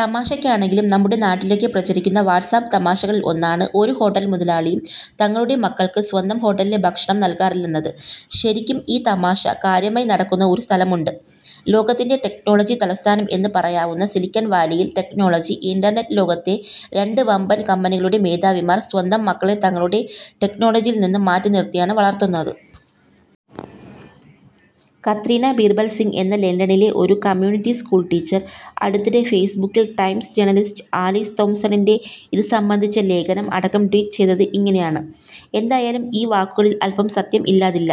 തമാശയ്ക്കാണെങ്കിലും നമ്മുടെ നാട്ടിലൊക്കെ പ്രചരിക്കുന്ന വാട്ട്സ്ആപ്പ് തമാശകളിൽ ഒന്നാണ് ഒരു ഹോട്ടൽ മുതലാളിയും തങ്ങളുടെ മക്കൾക്ക് സ്വന്തം ഹോട്ടലിലെ ഭക്ഷണം നൽകാറില്ലെന്നത്. ശരിക്കും ഈ തമാശകാര്യമായി നടക്കുന്ന ഒരു സ്ഥലമുണ്ട്, ലോകത്തിൻറെ ടെക്നോളജി തലസ്ഥാനം എന്ന് പറയാവുന്ന സിലിക്കൺവാലിയിൽ. ടെക്നോളജി, ഇൻറർനെറ്റ് ലോകത്തെ രണ്ട് വമ്പൻ കമ്പനികളുടെ മേധാവിമാർ സ്വന്തം മക്കളെ തങ്ങളുടെ ടെക്നോളജിയിൽ നിന്നും മാറ്റിനിർത്തിയാണ് വളർത്തുന്നത്. കത്രീന ബീർബൽ സിംഗ് എന്ന ലണ്ടനിലെ ഒരു കമ്യൂണിറ്റി സ്കൂൾ ടീച്ചർ അടുത്തിടെ ഫേസ്ബുക്കിൽ ടൈംസ് ജേർണലിസ്റ്റ് ആലീസ് തോംസണിൻറെ ഇത് സംബന്ധിച്ച ലേഖനം അടക്കം ട്വീറ്റ് ചെയ്തത് ഇങ്ങനെയാണ് എന്തായാലും ഈ വാക്കുകളിൽ അൽപ്പം സത്യം ഇല്ലാതില്ല.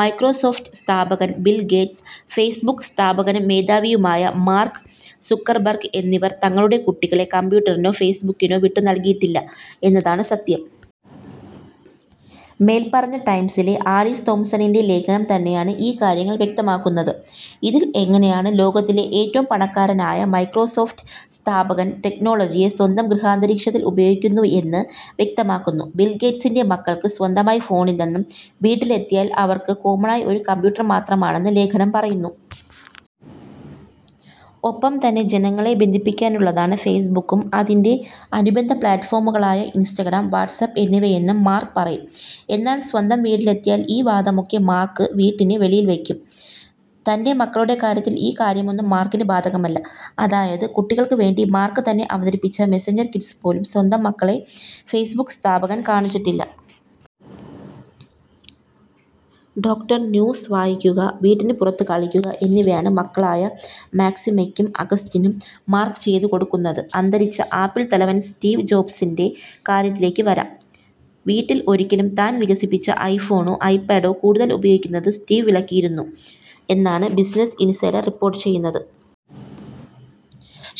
മൈക്രോസോഫ്റ്റ് സ്ഥാപകൻ ബിൽ ഗേറ്റ്സ്, ഫേസ്ബുക്ക് സ്ഥാപകനും മേധാവിയുമായ മാർക്ക് സുക്കർബർഗ് എന്നിവർ തങ്ങളുടെ കുട്ടികളെ കമ്പ്യൂട്ടറിനോ ഫേസ്ബുക്കിനോ വിട്ടുനൽകിയിട്ടില്ല എന്നതാണ് സത്യം. മേൽപ്പറഞ്ഞ ടൈംസിലെ ആലീസ് തോംസണിൻറെ ലേഖനം തന്നെയാണ് ഈ കാര്യങ്ങൾ വ്യക്തമാക്കുന്നത്. ഇതിൽ എങ്ങനെയാണ് ലോകത്തിലെ ഏറ്റവും പണക്കാരനായ മൈക്രോസോഫ്റ്റ് സ്ഥാപകൻ ടെക്നോളജിയെ സ്വന്തം ഗൃഹാന്തരീക്ഷത്തിൽ ഉപയോഗിക്കുന്നു എന്ന് വ്യക്തമാക്കുന്നു. ബിൽഗേറ്റ്സിൻറെ മക്കൾക്ക് സ്വന്തമായി ഫോണില്ലെന്നും, വീട്ടിൽ എത്തിയാൽ അവർക്ക് കോമണായി ഒരു കമ്പ്യൂട്ടർ മാത്രമാണെന്ന് ലേഖനം പറയുന്നു. ഒപ്പം തന്നെ ജനങ്ങളെ ബന്ധിപ്പിക്കാനുള്ളതാണ് ഫേസ്ബുക്കും, അതിൻറെ അനുബന്ധ പ്ലാറ്റ്ഫോമുകളായ ഇൻസ്റ്റഗ്രാം, വാട്ട്സ്ആപ്പ് എന്നിവയെന്നും മാർക്ക് പറയും. എന്നാൽ സ്വന്തം വീട്ടിലെത്തിയാൽ ഈ വാദമൊക്കെ മാർക്ക് വീട്ടിന് വെളിയിൽ വയ്ക്കും. തൻറെ മക്കളുടെ കാര്യത്തിൽ ഈ കാര്യമൊന്നും മാർക്കിന് ബാധകമല്ല. അതായത് കുട്ടികൾക്ക് വേണ്ടി മാർക്ക് തന്നെ അവതരിപ്പിച്ച മെസഞ്ചർ കിഡ്സ് പോലും സ്വന്തം മക്കളെ ഫേസ്ബുക്ക് സ്ഥാപകൻ കാണിച്ചിട്ടില്ല. ഡോ. സ്യൂസ് വായിക്കുക, വീട്ടിന് പുറത്ത് കളിക്കുക എന്നിവയാണ് മക്കളായ മാക്സിമയ്ക്കും, ആഗസ്റ്റിനും മാർക്ക് ചെയ്ത് കൊടുക്കുന്നത്. അന്തരിച്ച ആപ്പിൾ തലവൻ സ്റ്റീവ് ജോബ്സിൻറെ കാര്യത്തിലേക്ക് വരാം. വീട്ടിൽ ഒരിക്കലും താൻ വികസിപ്പിച്ച ഐഫോണോ, ഐപാഡോ കൂടുതൽ ഉപയോഗിക്കുന്നത് സ്റ്റീവ് വിലക്കിയിരുന്നു എന്നാണ് ബിസിനസ് ഇൻസൈഡർ റിപ്പോർട്ട് ചെയ്യുന്നത്.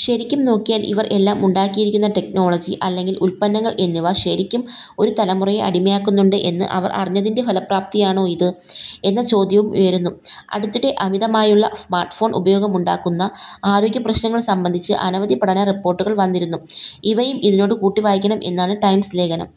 ശരിക്കും നോക്കിയാൽ ഇവർ എല്ലാം ഉണ്ടാക്കിയിരിക്കുന്ന ടെക്നോളജി, അല്ലെങ്കിൽ ഉത്പന്നങ്ങൾ എന്നിവ ശരിക്കും ഒരു തലമുറയെ അടിമയാക്കുന്നുണ്ട് എന്ന് അവർ അറിഞ്ഞതിൻറെ ഫലപ്രാപ്തിയാണോ ഇത് എന്ന ചോദ്യവും ഉയരുന്നു. അടുത്തിടെ അമിതമായുള്ള സ്മാർട്ട്ഫോൺ ഉപയോഗം ഉണ്ടാക്കുന്ന ആരോഗ്യപ്രശ്നങ്ങൾ സംബന്ധിച്ച് അനവധി പഠന റിപ്പോർട്ടുകൾ വന്നിരുന്നു ഇവയും ഇതിനോട് കൂട്ടിവായിക്കണം എന്നാണ് ടൈംസ് ലേഖനം